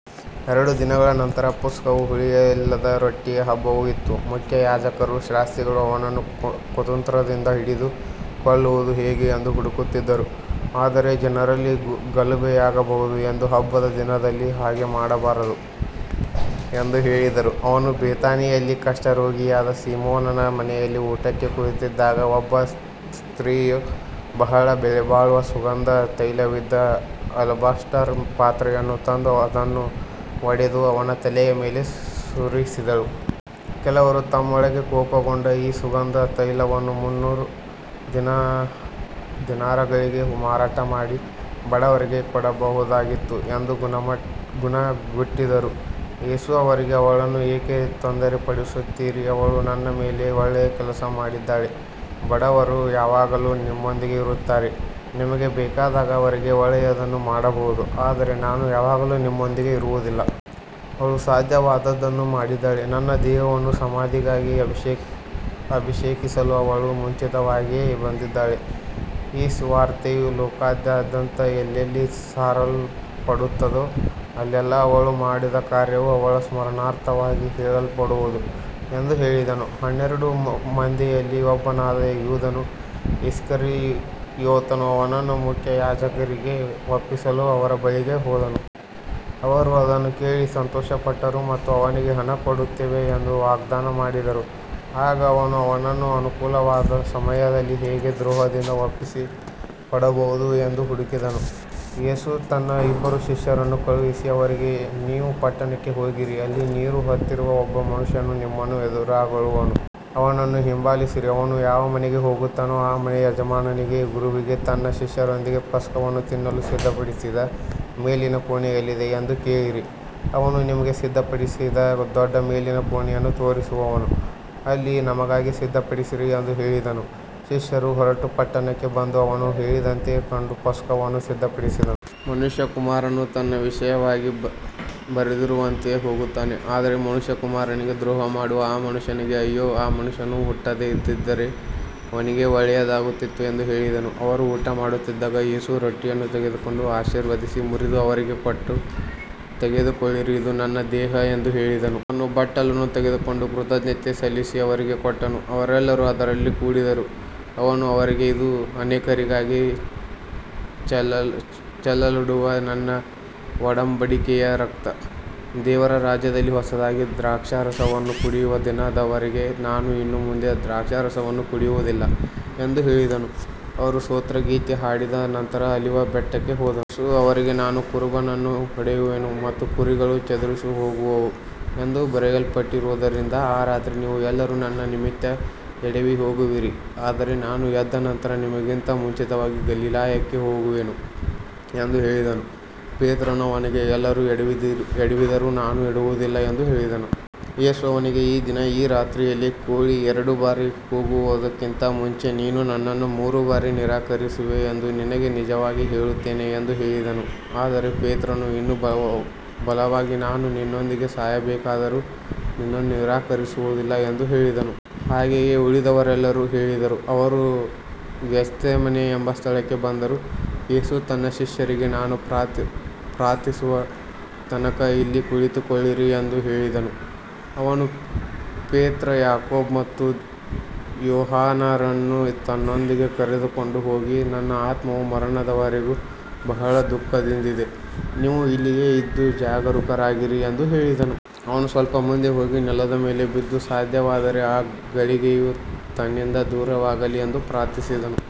ಎರಡು ದಿನಗಳ ನಂತರ ಪಸ್ಕವೂ ಹುಳಿಯಿಲ್ಲದ ರೊಟ್ಟಿಯ ಹಬ್ಬವೂ ಇತ್ತು. ಮುಖ್ಯಯಾಜಕರೂ ಶಾಸ್ತ್ರಿಗಳೂ ಅವನನ್ನು ಕುತಂತ್ರದಿಂದ ಹಿಡಿದು ಕೊಲ್ಲುವುದು ಹೇಗೆ ಎಂದು ಹುಡುಕುತ್ತಿದ್ದರು. ಆದರೆ ಜನರಲ್ಲಿ ಗಲಭೆಯಾಗಬಹುದು ಎಂದು ಹಬ್ಬದ ದಿನದಲ್ಲಿ ಹಾಗೆ ಮಾಡಬಾರದು ಎಂದು ಹೇಳಿದರು. ಅವನು ಬೇಥಾನಿಯಲ್ಲಿ ಕುಷ್ಠರೋಗಿಯಾದ ಸೀಮೋನನ ಮನೆಯಲ್ಲಿ ಊಟಕ್ಕೆ ಕುಳಿತಿದ್ದಾಗ ಒಬ್ಬ ಸ್ತ್ರೀಯು ಬಹಳ ಬೆಲೆಬಾಳುವ ಸುಗಂಧ ತೈಲವಿದ್ದ ಅಲಬಾಸ್ಟರ್ ಪಾತ್ರೆಯನ್ನು ತಂದು ಅದನ್ನು ಒಡೆದು ಅವನ ತಲೆಯ ಮೇಲೆ ಸುರಿಸಿದಳು. ಕೆಲವರು ತಮ್ಮೊಳಗೆ ಕೋಪಗೊಂಡು, ಈ ಸುಗಂಧ ತೈಲವನ್ನು ಮುನ್ನೂರು ದಿನಾರಗಳಿಗೆ ಮಾರಾಟ ಮಾಡಿ ಬಡವರಿಗೆ ಕೊಡಬಹುದಾಗಿತ್ತು ಎಂದು ಗುಣುಗುಟ್ಟಿದರು. ಯೇಸು ಅವರಿಗೆ, ಅವಳನ್ನು ಏಕೆ ತೊಂದರೆಪಡಿಸುತ್ತೀರಿ. ಅವಳು ನನ್ನ ಮೇಲೆ ಒಳ್ಳೆಯ ಕೆಲಸ ಮಾಡಿದ್ದಾಳೆ. ಬಡವರು ಯಾವಾಗಲೂ ನಿಮ್ಮೊಂದಿಗೆ ಇರುತ್ತಾರೆ, ನಿಮಗೆ ಬೇಕಾದಾಗ ಅವರಿಗೆ ಒಳ್ಳೆಯದನ್ನು ಮಾಡಬಹುದು, ಆದರೆ ನಾನು ಯಾವಾಗಲೂ ನಿಮ್ಮೊಂದಿಗೆ ಇರುವುದಿಲ್ಲ. ಅವಳು ಸಾಧ್ಯವಾದದ್ದನ್ನು ಮಾಡಿದ್ದಾಳೆ. ನನ್ನ ದೇಹವನ್ನು ಸಮಾಧಿಗಾಗಿ ಅಭಿಷೇಕಿಸಲು ಅವಳು ಮುಂಚಿತವಾಗಿಯೇ ಬಂದಿದ್ದಾಳೆ. ಈ ಸುವಾರ್ತೆಯು ಲೋಕದಾದ್ಯಂತ ಎಲ್ಲೆಲ್ಲಿ ಸಾರಲ್ಪಡುತ್ತದೋ ಅಲ್ಲೆಲ್ಲಾ ಅವಳು ಮಾಡಿದ ಕಾರ್ಯವೂ ಅವಳ ಸ್ಮರಣಾರ್ಥವಾಗಿ ಹೇಳಲ್ಪಡುವುದು ಎಂದು ಹೇಳಿದನು. ಹನ್ನೆರಡು ಮಂದಿಯಲ್ಲಿ ಒಬ್ಬನಾದ ಯೂದನು ಇಸ್ಕರಿಯೋತನು ಅವನನ್ನು ಮುಖ್ಯಯಾಜಕರಿಗೆ ಒಪ್ಪಿಸಲು ಅವರ ಬಳಿಗೆ ಹೋದನು. ಅವರು ಅದನ್ನು ಕೇಳಿ ಸಂತೋಷಪಟ್ಟರು ಮತ್ತು ಅವನಿಗೆ ಹಣ ಕೊಡುತ್ತೇವೆ ಎಂದು ವಾಗ್ದಾನ ಮಾಡಿದರು. ಆಗ ಅವನು ಅವನನ್ನು ಅನುಕೂಲವಾದ ಸಮಯದಲ್ಲಿ ಹೇಗೆ ದ್ರೋಹದಿಂದ ಒಪ್ಪಿಸಿಕೊಡಬಹುದು ಎಂದು ಹುಡುಕಿದನು. ಯೇಸು ತನ್ನ ಇಬ್ಬರು ಶಿಷ್ಯರನ್ನು ಕಳುಹಿಸಿ ಅವರಿಗೆ, ನೀವು ಪಟ್ಟಣಕ್ಕೆ ಹೋಗಿರಿ. ಅಲ್ಲಿ ನೀರು ಹೊತ್ತಿರುವ ಒಬ್ಬ ಮನುಷ್ಯನು ನಿಮ್ಮನ್ನು ಎದುರುಗೊಳ್ಳುವನು. ಅವನನ್ನು ಹಿಂಬಾಲಿಸಿರಿ. ಅವನು ಯಾವ ಮನೆಗೆ ಹೋಗುತ್ತಾನೋ ಆ ಮನೆಯ ಯಜಮಾನನಿಗೆ, ಗುರುವಿಗೆ ತನ್ನ ಶಿಷ್ಯರೊಂದಿಗೆ ಪಸ್ಕವನ್ನು ತಿನ್ನಲು ಸಿದ್ಧಪಡಿಸಿದ ಮೇಲಿನ ಕೋಣೆ ಎಲ್ಲಿದೆ ಎಂದು ಕೇಳಿರಿ. ಅವನು ನಿಮಗೆ ಸಿದ್ಧಪಡಿಸಿದ ದೊಡ್ಡ ಮೇಲಿನ ಕೋಣೆಯನ್ನು ತೋರಿಸುವನು. ಅಲ್ಲಿ ನಮಗಾಗಿ ಸಿದ್ಧಪಡಿಸಿರಿ ಎಂದು ಹೇಳಿದನು. ಶಿಷ್ಯರು ಹೊರಟು ಪಟ್ಟಣಕ್ಕೆ ಬಂದು, ಅವನು ಹೇಳಿದಂತೆಯೇ ಕಂಡು ಪಸ್ಕವನ್ನು ಸಿದ್ಧಪಡಿಸಿದರು. ಮನುಷ್ಯಕುಮಾರನು ತನ್ನ ವಿಷಯವಾಗಿ ಬರೆದಿರುವಂತೆಯೇ ಹೋಗುತ್ತಾನೆ. ಆದರೆ ಮನುಷ್ಯಕುಮಾರನಿಗೆ ದ್ರೋಹಮಾಡುವ ಆ ಮನುಷ್ಯನಿಗೆ ಅಯ್ಯೋ. ಆ ಮನುಷ್ಯನು ಹುಟ್ಟದೇ ಇದ್ದಿದ್ದರೆ ಅವನಿಗೆ ಒಳ್ಳೆಯದಾಗುತ್ತಿತ್ತು ಎಂದು ಹೇಳಿದನು. ಅವರು ಊಟಮಾಡುತ್ತಿದ್ದಾಗ ಯೇಸು ರೊಟ್ಟಿಯನ್ನು ತೆಗೆದುಕೊಂಡು ಆಶೀರ್ವದಿಸಿ ಮುರಿದು ಅವರಿಗೆ ಕೊಟ್ಟು, ತೆಗೆದುಕೊಳ್ಳಿರಿ, ಇದು ನನ್ನ ದೇಹ ಎಂದು ಹೇಳಿದನು. ಅವನು ಬಟ್ಟಲನ್ನು ತೆಗೆದುಕೊಂಡು ಕೃತಜ್ಞತೆ ಸಲ್ಲಿಸಿ ಅವರಿಗೆ ಕೊಟ್ಟನು. ಅವರೆಲ್ಲರೂ ಅದರಲ್ಲಿ ಕುಡಿದರು. ಅವನು ಅವರಿಗೆ, ಇದು ಅನೇಕರಿಗಾಗಿ ಚೆಲ್ಲಲ್ಪಡುವ ನನ್ನ ಒಡಂಬಡಿಕೆಯ ರಕ್ತ. ದೇವರ ರಾಜ್ಯದಲ್ಲಿ ಹೊಸದಾಗಿ ದ್ರಾಕ್ಷಾರಸವನ್ನು ಕುಡಿಯುವ ದಿನದವರೆಗೆ ನಾನು ಇನ್ನು ಮುಂದೆ ದ್ರಾಕ್ಷಾರಸವನ್ನು ಕುಡಿಯುವುದಿಲ್ಲ ಎಂದು ಹೇಳಿದನು. ಅವರು ಸ್ತೋತ್ರಗೀತೆ ಹಾಡಿದ ನಂತರ ಆಲಿವ್ ಬೆಟ್ಟಕ್ಕೆ ಹೋದರು. ಯೇಸು ಅವರಿಗೆ, ನಾನು ಕುರುಬನನ್ನು ಹೊಡೆಯುವೆನು ಮತ್ತು ಕುರಿಗಳು ಚದುರಿಹೋಗುವವು ಎಂದು ಬರೆಯಲ್ಪಟ್ಟಿರುವುದರಿಂದ ಈ ರಾತ್ರಿ ನೀವು ಎಲ್ಲರೂ ನನ್ನ ನಿಮಿತ್ತ ಎಡವಿಹೋಗುವಿರಿ. ಆದರೆ ನಾನು ಎದ್ದ ನಂತರ ನಿಮ್ಮಿಗಿಂತ ಮುಂಚಿತವಾಗಿ ಗಲಿಲಾಯಕ್ಕೆ ಹೋಗುವೆನು ಎಂದು ಹೇಳಿದನು. ಪೇತ್ರನು ಅವನಿಗೆ, ಎಲ್ಲರೂ ಎಡವಿದರೂ ನಾನು ಎಡವುವುದಿಲ್ಲ ಎಂದು ಹೇಳಿದನು. ಯೇಸು ಅವನಿಗೆ, ಈ ದಿನ, ಈ ರಾತ್ರಿಯಲ್ಲೇ ಕೋಳಿ ಎರಡು ಬಾರಿ ಕೂಗುವುದಕ್ಕಿಂತ ಮುಂಚೆ ನೀನು ನನ್ನನ್ನು ಮೂರು ಬಾರಿ ನಿರಾಕರಿಸುವೆ ಎಂದು ನಿನಗೆ ನಿಜವಾಗಿ ಹೇಳುತ್ತೇನೆ ಎಂದು ಹೇಳಿದನು. ಆದರೆ ಪೇತ್ರನು ಇನ್ನೂ ಬಲವಾಗಿ, ನಾನು ನಿನ್ನೊಂದಿಗೆ ಸಾಯಬೇಕಾದರೂ ನಿನ್ನನ್ನು ನಿರಾಕರಿಸುವುದಿಲ್ಲ ಎಂದು ಹೇಳಿದನು. ಹಾಗೆಯೇ ಉಳಿದವರೆಲ್ಲರೂ ಹೇಳಿದರು. ಅವರು ಗೆತ್ಸೇಮನೆ ಎಂಬ ಸ್ಥಳಕ್ಕೆ ಬಂದರು. ಯೇಸು ತನ್ನ ಶಿಷ್ಯರಿಗೆ, ನಾನು ಪ್ರಾರ್ಥಿಸುವ ತನಕ ಇಲ್ಲಿ ಕುಳಿತುಕೊಳ್ಳಿರಿ ಎಂದು ಹೇಳಿದನು. ಅವನು ಪೇತ್ರ, ಯಾಕೋಬ ಮತ್ತು ಯೋಹಾನರನ್ನು ತನ್ನೊಂದಿಗೆ ಕರೆದುಕೊಂಡು ಹೋಗಿ, ನನ್ನ ಆತ್ಮವು ಮರಣದವರೆಗೂ ಬಹಳ ದುಃಖದಿಂದಿದೆ. ನೀವು ಇಲ್ಲಿಯೇ ಇದ್ದು ಜಾಗರೂಕರಾಗಿರಿ ಎಂದು ಹೇಳಿದನು. ಅವನು ಸ್ವಲ್ಪ ಮುಂದೆ ಹೋಗಿ ನೆಲದ ಮೇಲೆ ಬಿದ್ದು, ಸಾಧ್ಯವಾದರೆ ಆ ಗಳಿಗೆಯು ತನ್ನಿಂದ ದೂರವಾಗಲಿ ಎಂದು ಪ್ರಾರ್ಥಿಸಿದನು.